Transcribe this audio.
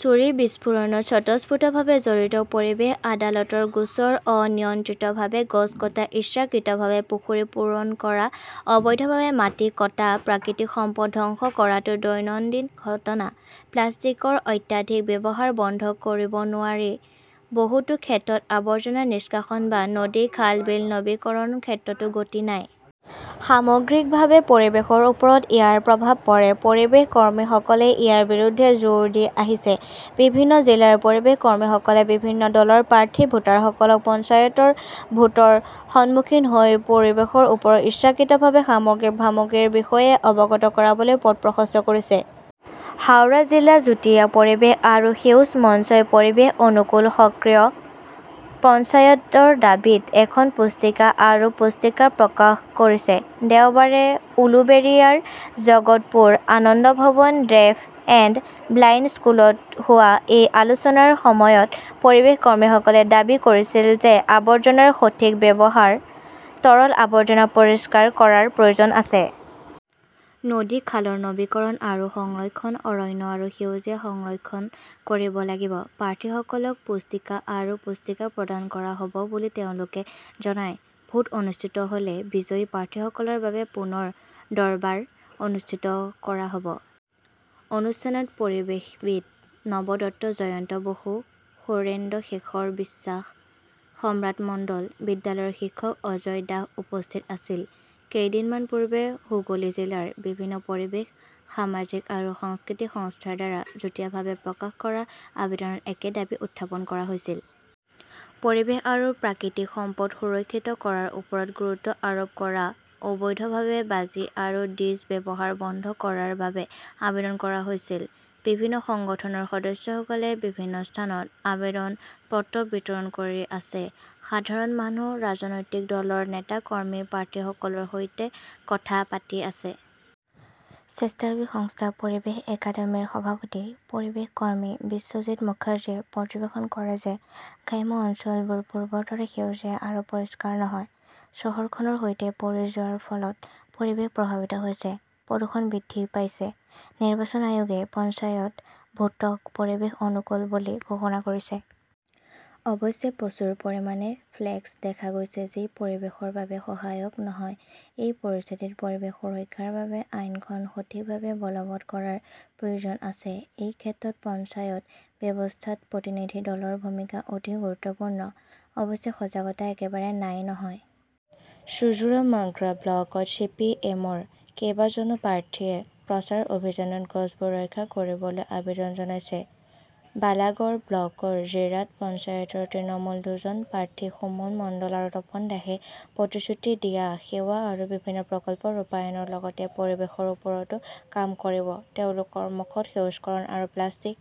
ছুৰী বিস্ফোৰণত স্বতঃস্ফূৰ্তভাৱে জড়িত পৰিৱেশ আদালতৰ গোচৰ অনিয়ন্ত্ৰিতভাৱে গছ কটা, ইচ্ছাকৃতভাৱে পুখুৰী পূৰণ কৰা, অবৈধভাৱে মাটি কটা-প্ৰাকৃতিক সম্পদ ধ্বংস কৰাটো দৈনন্দিন ঘটনা। প্লাষ্টিকৰ অত্যাধিক ব্যৱহাৰ বন্ধ কৰিব নোৱাৰি। বহুতো ক্ষেত্ৰত আৱৰ্জনা নিষ্কাশন বা নদী-খাল-বিল নৱীকৰণৰ ক্ষেত্ৰতো গতি নাই। সামগ্ৰিকভাৱে পৰিৱেশৰ ওপৰত ইয়াৰ প্ৰভাৱ পৰে। পৰিৱেশ কৰ্মীসকলে ইয়াৰ বিৰুদ্ধে জোৰ দি আহিছে। বিভিন্ন জিলাৰ পৰিৱেশ কৰ্মীসকলে বিভিন্ন দলৰ প্ৰাৰ্থী, ভোটাৰসকলক পঞ্চায়ত ভোটৰ সন্মুখীন হৈ পৰিৱেশৰ ওপৰত ইচ্ছাকৃতভাৱে সামগ্ৰিক ভাবুকিৰ বিষয়ে অৱগত কৰিবলৈ পথ প্ৰশস্ত কৰিছে। হাওৰা জিলা যুটীয়া পৰিৱেশ আৰু সেউজ মঞ্চই 'পৰিৱেশ অনুকূল সক্ৰিয় পঞ্চায়ত "ৰ দাবীত এখন পুস্তিকা আৰু পুস্তিকা প্ৰকাশ কৰিছে। দেওবাৰে উলুবেৰিয়াৰ Jagatpur Ananda Bhavan deaf and blind স্কুলত হোৱা এই আলোচনাৰ সময়ত পৰিৱেশ কৰ্মীসকলে দাবী কৰিছিল যে আৱৰ্জনাৰ সঠিক ব্যৱহাৰ, তৰল আৱৰ্জনা পৰিষ্কাৰ কৰাৰ প্ৰয়োজন আছে। নদী-খালৰ নৱীকৰণ আৰু সংৰক্ষণ, অৰণ্য আৰু সেউজীয়া সংৰক্ষণ কৰিব লাগিব। প্ৰাৰ্থীসকলক পুস্তিকা আৰু পুস্তিকা প্ৰদান কৰা হ "ব বুলি তেওঁলোকে জনায়। ভোট অনুষ্ঠিত হ "লে বিজয়ী প্ৰাৰ্থীসকলৰ বাবে পুনৰ দৰবাৰ অনুষ্ঠিত কৰা হ" ব। অনুষ্ঠানত পৰিৱেশবিদ নৱদত্ত, জয়ন্ত বসু, সৌৰেন্দুশেখৰ বিশ্বাস, সম্ৰাট মণ্ডল, বিদ্যালয়ৰ শিক্ষক অজয় দাস উপস্থিত আছিল। কেইদিনমান পূৰ্বে হুগলী জিলাৰ বিভিন্ন পৰিৱেশ, সামাজিক আৰু সাংস্কৃতিক সংস্থাৰ দ্বাৰা যুটীয়াভাৱে প্ৰকাশ কৰা আবেদনত একে দাবী উত্থাপন কৰা হৈছিল। পৰিৱেশ আৰু প্ৰাকৃতিক সম্পদ সুৰক্ষিত কৰাৰ ওপৰত গুৰুত্ব আৰোপ কৰা, অবৈধভাৱে বাজি আৰু ডিজ ব্যৱহাৰ বন্ধ কৰাৰ বাবে আবেদন কৰা হৈছিল। বিভিন্ন সংগঠনৰ সদস্যসকলে বিভিন্ন স্থানত আবেদন পত্ৰ বিতৰণ কৰি আছে। সাধাৰণ মানুহ, ৰাজনৈতিক দলৰ নেতা-কৰ্মী, প্ৰাৰ্থীসকলৰ সৈতে কথা পাতি আছে। স্বেচ্ছাসেৱী সংস্থা পৰিৱেশ একাডেমীৰ সভাপতি, পৰিৱেশ কৰ্মী বিশ্বজিত মুখাৰ্জীয়ে পৰ্যবেক্ষণ কৰে যে গ্ৰাম্য অঞ্চলবোৰ পূৰ্বৰ দৰে সেউজীয়া আৰু পৰিষ্কাৰ নহয়। চহৰখনৰ সৈতে পৰি যোৱাৰ ফলত পৰিৱেশ 'প্ৰভাৱিত "হৈছে। প্ৰদূষণ বৃদ্ধি পাইছে। নিৰ্বাচন আয়োগে পঞ্চায়ত ভোটক 'পৰিৱেশ অনুকূল "বুলি ঘোষণা কৰিছে। অৱশ্যে, প্ৰচুৰ পৰিমাণে ফ্লেক্স দেখা গৈছে, যি পৰিৱেশৰ বাবে সহায়ক নহয়। এই পৰিস্থিতিত, পৰিৱেশ সুৰক্ষাৰ বাবে আইনখন সঠিকভাৱে বলৱৎ কৰাৰ প্ৰয়োজন আছে। এই ক্ষেত্ৰত পঞ্চায়ত ব্যৱস্থাত প্ৰতিনিধি দলৰ ভূমিকা অতি গুৰুত্বপূৰ্ণ। অৱশ্যে, সজাগতা একেবাৰে নাই, নহয়। চুঞ্চুৰা-মাগ্ৰা ব্লকত চি. পি. এম. -ৰ কেইবাজনো প্ৰাৰ্থীয়ে প্ৰচাৰ অভিযানত গছবোৰ ৰক্ষা কৰিবলৈ আবেদন জনাইছে। বালাগড় ব্লকৰ জিৰাট পঞ্চায়তৰ তৃণমূলৰ দুজন প্ৰাৰ্থী সুমন মণ্ডল আৰু তপন দাসে প্ৰতিশ্ৰুতি দিয়া সেৱা আৰু বিভিন্ন প্ৰকল্প ৰূপায়ণৰ লগতে পৰিৱেশৰ ওপৰতো কাম কৰিব। তেওঁলোকৰ মুখত সেউজকৰণ আৰু প্লাষ্টিক